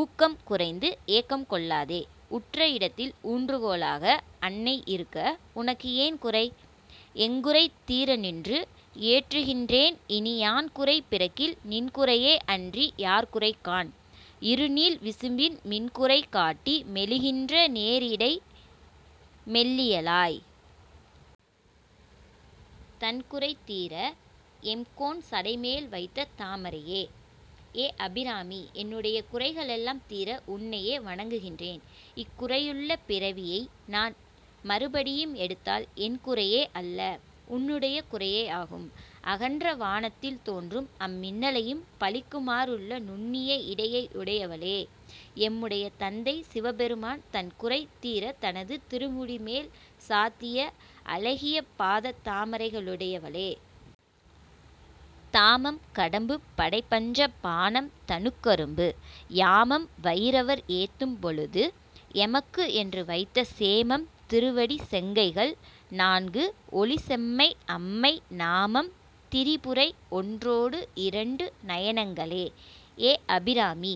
ஊக்கம் குறைந்து, ஏக்கம் கொள்ளாதே! உற்ற இடத்தில் ஊன்று கோலாக அன்னை இருக்க உனக்கு ஏன் குறை? எங்குறை தீரநின்று ஏற்றுகின்றேன் இனி யான் பிறக்கில் நின் குறையே அன்றி யார் குறை காண்? இரு நீள் விசும்பின் மின் குறை காட்டி மெலிகின்ற நேர் இடை மெல்லியலாய். தன் குறை தீர எம்கோன் சடை மேல் வைத்த தாமரையே. ஏ அபிராமி! என்னுடைய குறைகளெல்லாம் தீர உன்னையே வணங்குகின்றேன். இக்குறையுடைய பிறவியை நான் மறுபடியும் எடுத்தால் என் குறையே அல்ல. உன்னுடைய குறையேயாகும். அகன்ற வானத்தில் தோன்றும் அம்மின்னலையும் பழிக்குமாறுள்ள நுண்ணிய இடையையுடையவளே! எம்முடைய தந்தை சிவபெருமான் தன் குறை தீர தனது திருமுடி மேல் சாத்திய அழகிய பாதத் தாமரைகளையுடையவளே! தாமம் கடம்பு படை பஞ்ச பாணம் தனுக் கரும்பு. யாமம் வயிரவர் ஏத்தும் பொழுது எமக்கு என்று வைத்த சேமம் திருவடி செங்கைகள் நான்கு ஒளி செம்மை அம்மை நாமம் திரிபுரை ஒன்றோடு இரண்டு நயனங்களே. ஏ அபிராமி!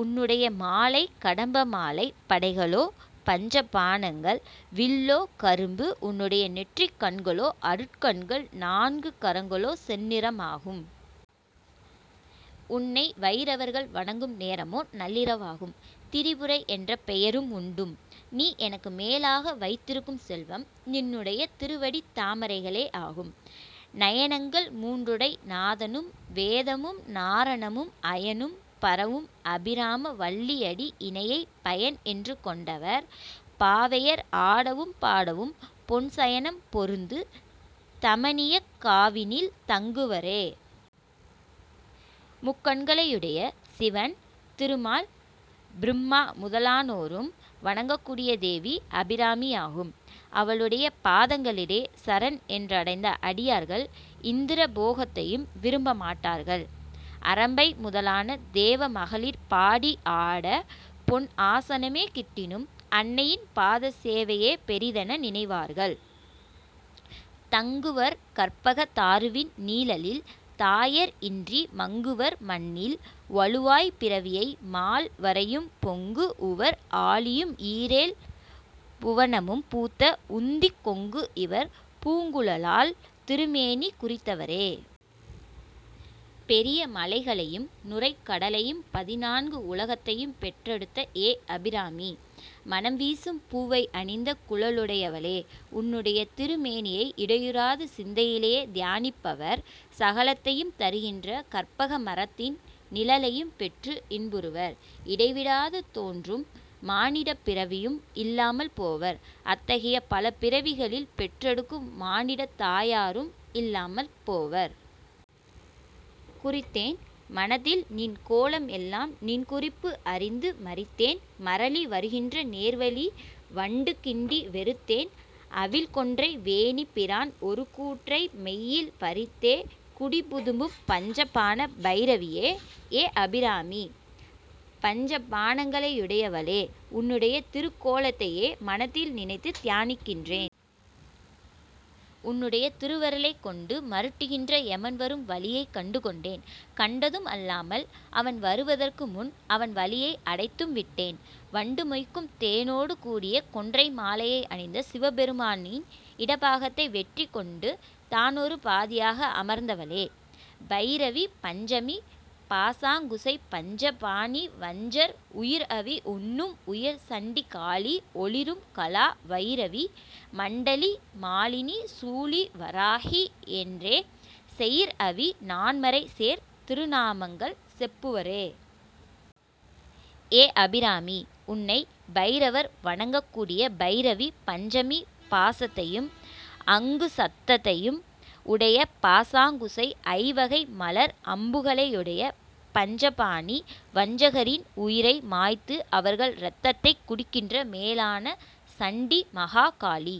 உன்னுடைய மாலை கடம்ப மாலை படைகளோ பஞ்ச பாணங்கள் வில்லோ கரும்பு உன்னுடைய நெற்றிக் கண்களோ அருட் கண்கள் நான்கு கரங்களோ செந்நிறமாகும். உன்னை வயிரவர்கள் வணங்கும் நேரமோ நள்ளிரவாகும். திரிபுரை என்ற பெயரும் உண்டும். நீ எனக்கு மேலாக வைத்திருக்கும் செல்வம் நின்னுடைய திருவடித் தாமரைகளேயாகும். நயனங்கள் மூன்றுடை நாதனும் வேதமும் நாரணனும் அயனும் பரவும் அபிராம வல்லி அடி இணையைப் பயன் என்று கொண்டவர் பாவையர் ஆடவும் பாடவும், பொன் சயனம் பொருந்து தமனியக் காவினில் தங்குவரே. முக்கண்களையுடைய சிவன் திருமால் பிரும்மா முதலானோரும் வணங்கக்கூடிய தேவி அபிராமியாகும். அவளுடைய பாதங்களிலே சரண் என்றடைந்த அடியார்கள் இந்திர போகத்தையும் விரும்ப மாட்டார்கள். அரம்பை முதலான தேவ மகளிர் பாடி ஆட பொன் ஆசனமே கிட்டினும், அன்னையின் பாதச் சேவையையே பெரிதென நினைவார்கள். தங்குவர் கற்பக தாருவின் நீழலில், தாயர் இன்றி மங்குவர் மண்ணில் வழுவாய் பிறவியை மால் வரையும் பொங்கு உவர் ஆழியும் ஈரேழ் புவனமும் பூத்த உந்திக் கொங்கு இவர் பூங்குழலாள் திருமேனி குறித்தவரே. பெரிய மலைகளையும் நுரைக் கடலையும் பதினான்கு உலகத்தையும் பெற்றெடுத்த ஏ அபிராமி! மணம் வீசும் பூவையணிந்த குழலுடையவளே! உன்னுடைய திருமேனியை இடையுறாது சிந்தையிலே தியானிப்பவர் சகலத்தையும் தருகின்ற கற்பக மரத்தின் நிழலையும் பெற்று இன்புறுவர். இடைவிடாது தோன்றும் மானிடப் பிறவியும் இல்லாமல் போவர். அத்தகைய பல பிறவிகளில் பெற்றெடுக்கும் மானிடத் தாயாரும் இல்லாமல் போவர். குறித்தேன் மனத்தில் நின் கோலம் எல்லாம் நின் குறிப்பு அறிந்து மறித்தேன் மறலி வருகின்ற நேர்வழி வண்டு கிண்டி வெறித்தேன் அவிழ் கொன்றை வேணிப் பிரான் ஒரு கூற்றை மெய்யில் பறித்தே குடிபுகுதும் பஞ்ச பாண பயிரவியே. ஏ அபிராமி! பஞ்ச பாணங்களையுடையவளே! உன்னுடைய திருக்கோலத்தையே மனத்தில் நினைத்து தியானிக்கின்றேன். உன்னுடைய திருவருளைக் கொண்டு மருட்டுகின்ற யமன்வரும் வழியைக் கண்டு கொண்டேன். கண்டதும் அல்லாமல் அவன் வருவதற்கு முன் அவன் வழியை அடைத்தும் விட்டேன். வண்டு மொய்க்கும் தேனொடு கூடிய கொன்றை மாலையை அணிந்த சிவபெருமானின் இடப்பாகத்தை வெற்றி கொண்டு தானொரு பாதியாக அமர்ந்தவளே! பயிரவி பஞ்சமி பாசாங்குசை பஞ்ச பாணி வஞ்சர் உயிர் அவி உண்ணும் உயர் சண்டி காளி ஒளிரும் கலா வயிரவி மண்டலி மாலினி சூலி வராகி என்றே செயிர் அவி நான்மறை சேர் திருநாமங்கள் செப்புவரே. ஏ அபிராமி! உன்னை பைரவர் வணங்கக்கூடிய பைரவி பஞ்சமி பாசத்தையும் அங்குசத்தையும் உடைய பாசாங்குசை ஐவகை மலர் அம்புகளையுடைய பஞ்சபாணி வஞ்சகரின் உயிரை மாய்த்து அவர்கள் இரத்தத்தைக் குடிக்கின்ற மேலான சண்டி மகா காளி